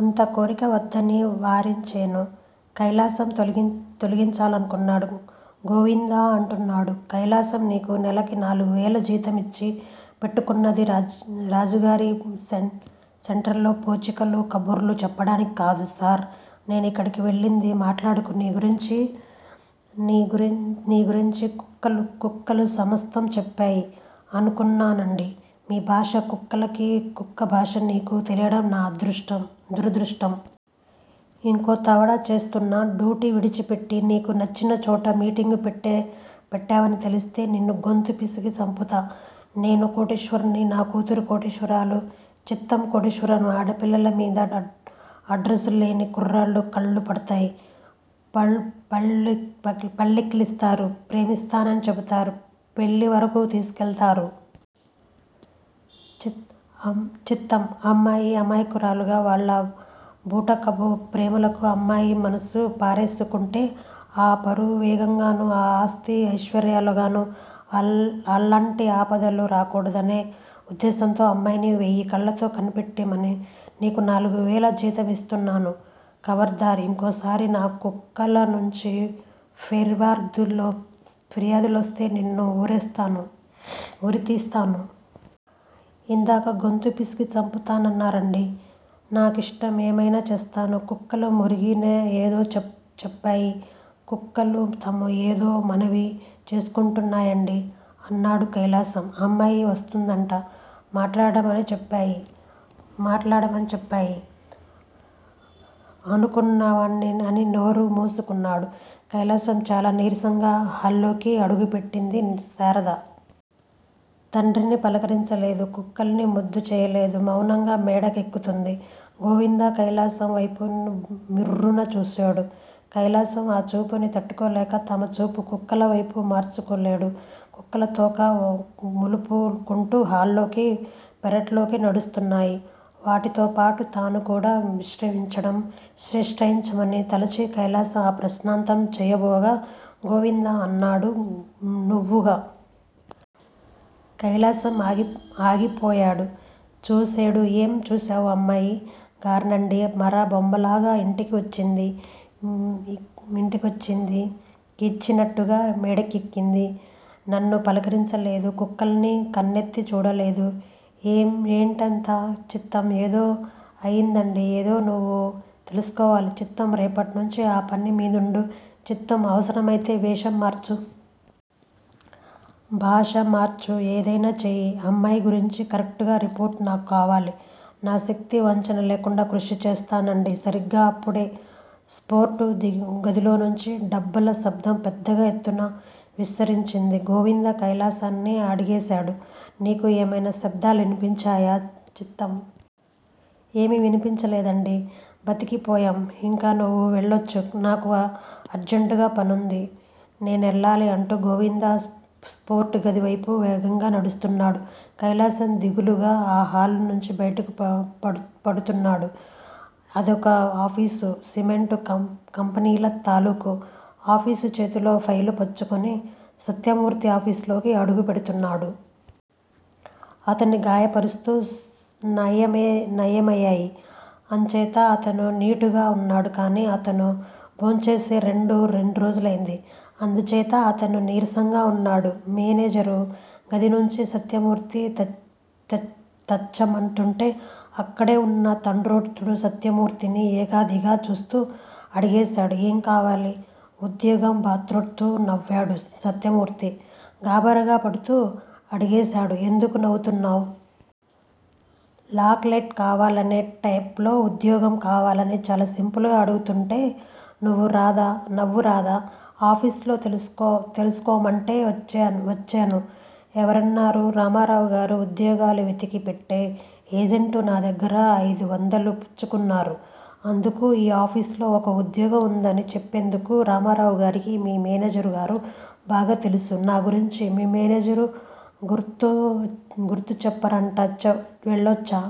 అంత కోరిక వద్దని వారించేను. కైలాసం తలొంచుకున్నాడు. గోవింద అంటున్నాడు కైలాసం! నీకు నెలకి నాలుగు వేలు జీతమిచ్చి పెట్టుకున్నది రాజుగారి సెంటర్లో పోచికోలు ఖబుర్లు చెప్పడాని క్కాదు! సార్! నేను ఇక్కడికి వెళ్లింది మాట్లాడకు! నీ గురించి కుక్కలు సమస్తం చెప్పేయి! అనుకున్నానండీ! మీ భాష కుక్కలకీ, కుక్కల భాష మీకూ తీలీడం నా దురదృష్టం! ఇంకో తడవ చేస్తున్న డ్యూటీ విడిచిపెట్టి నీకు నచ్చిన చోట మీటింగు పెట్టేవని తెలుస్తే నిన్ను గొంతు పిసికి చంపుతా! నేను కోటీశ్వరుణ్ని. నా కూతురు కోటీశ్వరురాలు! చిత్తం! కోటీశ్వరుల ఆడపిల్లల మీద అడ్రస్సు లేని కుర్రాళ్ల కళ్లు పడతాయి. పళ్లికిలిస్తారు. ప్రేమిస్తున్నామని చెబుతారు. పెళ్లివరకు తీసు కెల్తారు. చిత్తం! అమ్మాయి అమాయకురాలు గా. వాళ్ల బూటకపు ప్రేమ లాకు అమ్మాయి మనసు పారేసుకుంటే, మా పరువేంగాను? మా ఆస్తీ, ఐశ్వర్యలేంగాను? అల్లాంటి ఆపదలు రాకూడదనే ఉద్దేశంతో అమ్మాయిని వెయ్యి కళ్లతో కనిపెట్టమని నీకు నాలుగు వేల జీత మిస్తున్నాను. ఖబడ్దార్! ఇంకోసారి నా కుక్కల నుంచి ఫేర్యాదులోస్తే నిన్ను ఉరితీస్తాను. ఇందాక గొంతు పిసికి చంపుతా నాన్నారండి! నా ఇష్టం! ఏమైనా చేస్తాను! కుక్కలు మొరిగి ఏదో చెప్పాయి. కుక్కలు తమ కేదో మనవి చేసుకుంటున్నాయండి! అన్నాడు కైలాసం. అమ్మాయి వస్తోందిట మా తలదమణి చెప్పేయి. అనుకున్నాన్లేండి! అని నోరు మూసుకున్నాడు కైలాసం. చాలా నీరసంగా హాల్లోకి అడుగుపెట్టింది శారద. తండ్రిని పలకరించలేదు. కుక్కల్ని ముద్దు చేయలేదు. మౌనంగా మేడ ఎక్కుతోంది! గోవింద కైలాసం వేపు మిర్రున చూసేడు. కైలాసం ఆ చూపుని తట్టుకోలేక, తన చూపు కుక్కల వేపు మరల్చేడు. కుక్కలు తోక లూపుకుంటో హాల్లోంచి పెరట్లోకి నడుస్తున్నాయి వాటితోపాటు తాను కూడా నిష్ర్కమించడం శ్రేయస్కరమని తలచి కైలాసం ఆ ప్రయత్నం చేయబోగా గోవిందం అన్నాడు- నువ్గు! కైలాసం ఆగిపోయాడు. చూసేవా? ఏం చూసేవు? అమ్మాయి గార్నండి! మర బొమ్మలాగా ఇంటికి వచ్చింది. కీ ఇచ్చినట్టు మేడెక్కింది. నన్ను పలకరించలేదు. కుక్కల్ని కన్నెత్తి చూడలేదు. ఏమిటిదంతా? చిత్తం! ఏదో అయ్యిందండి! అదేదో నువ్వు తెలుసుకోవాలి! చిత్తం! రేపట్నించి ఆ పని మీదుండు! చిత్తం! అవసరమైతే వేషం మార్చు. భాష మార్చు. ఏదైనా చెయ్యి! అమ్మాయి గురించి కరెక్టు గా రిపోర్టు నాకు కావాలి! నా శక్తి వంచన లేకుండా కృషి చేస్తానండి! సరిగా అప్పుడే స్టోరు గదిలోంచి డబ్బాల శబ్దం పెద్ద ఎత్తున వినిపించింది. గోవిందం కైలాసాన్ని అడిగేడు నీకు ఏవైనా శబ్దాలు వినిపించేయా? చిత్తం! ఏమీ వినిపించలేదండి. బతికి పోయావ్! ఇంక నువ్వు వెళ్లచ్చు! నాకు అర్జంటు పనుంది. నేవెళ్లాలి! అంటూ గోవింద స్టోరు గది వైపు వేగంగా నడుస్తున్నాడు. కైలాసం దిగులుగా ఆ హాలు నుంచి బయట పడుతున్నాడు. అదొక ఆఫీసు. సిమెంటు కంపెనీ తాలూకు ఆఫీసు! చేతిలో ఫైలు పుచ్చుకుని సత్యమూర్తి ఆ ఆఫీసులోకి అడుగు పెడుతున్నాడు. అతని గాయా పరుస్తుగా నయమయ్యేయి. అంచేత అతను నీటుగా వున్నాడు. కానీ, అతను భోంచేసి రెండ్రోజులైంది. అంచేత అతను నీరసంగా వున్నాడు. మేనేజరు గది ముందు సత్యమూర్తి తచ్చాడుతుంటే, అక్కడే ఉన్న బంట్రోతు సత్యమూర్తిని ఎగాదిగా చూస్తో అడిగేడు ఏం కావాలి? ఉద్యోగం. బంట్రోతు నవ్వేడు. సత్యమూర్తి గాబరా పడుతూ అడిగే సాడు- ఎందుకు నవ్వుతావ్? చాక్ లెట్ కావాలనే టైపులో ఉద్యోగం కావాలని చాలా సింపుల్ గా అడుగుతుంటే నవ్వు రాదా? ఆఫీసులో కలుసుకోమంటే వచ్చేను. ఎవరన్నారు? రామారావుగారు. ఉద్యోగాలు వెతికి పెట్టె ఏజెంటు. నా దగ్గిర అయిదొందలు పుచ్చుకున్నారు. ఎందుకు ఈ ఆఫీసులో ఒక ఉద్యోగం వుందని చెప్పినందుకు. రామారావుగారికి మీ మేనేజరు గారు బాగా తెలుసు. నా గురించి మీ మేనేజరు గార్తో చెప్పేరట. వెళ్లచ్చా?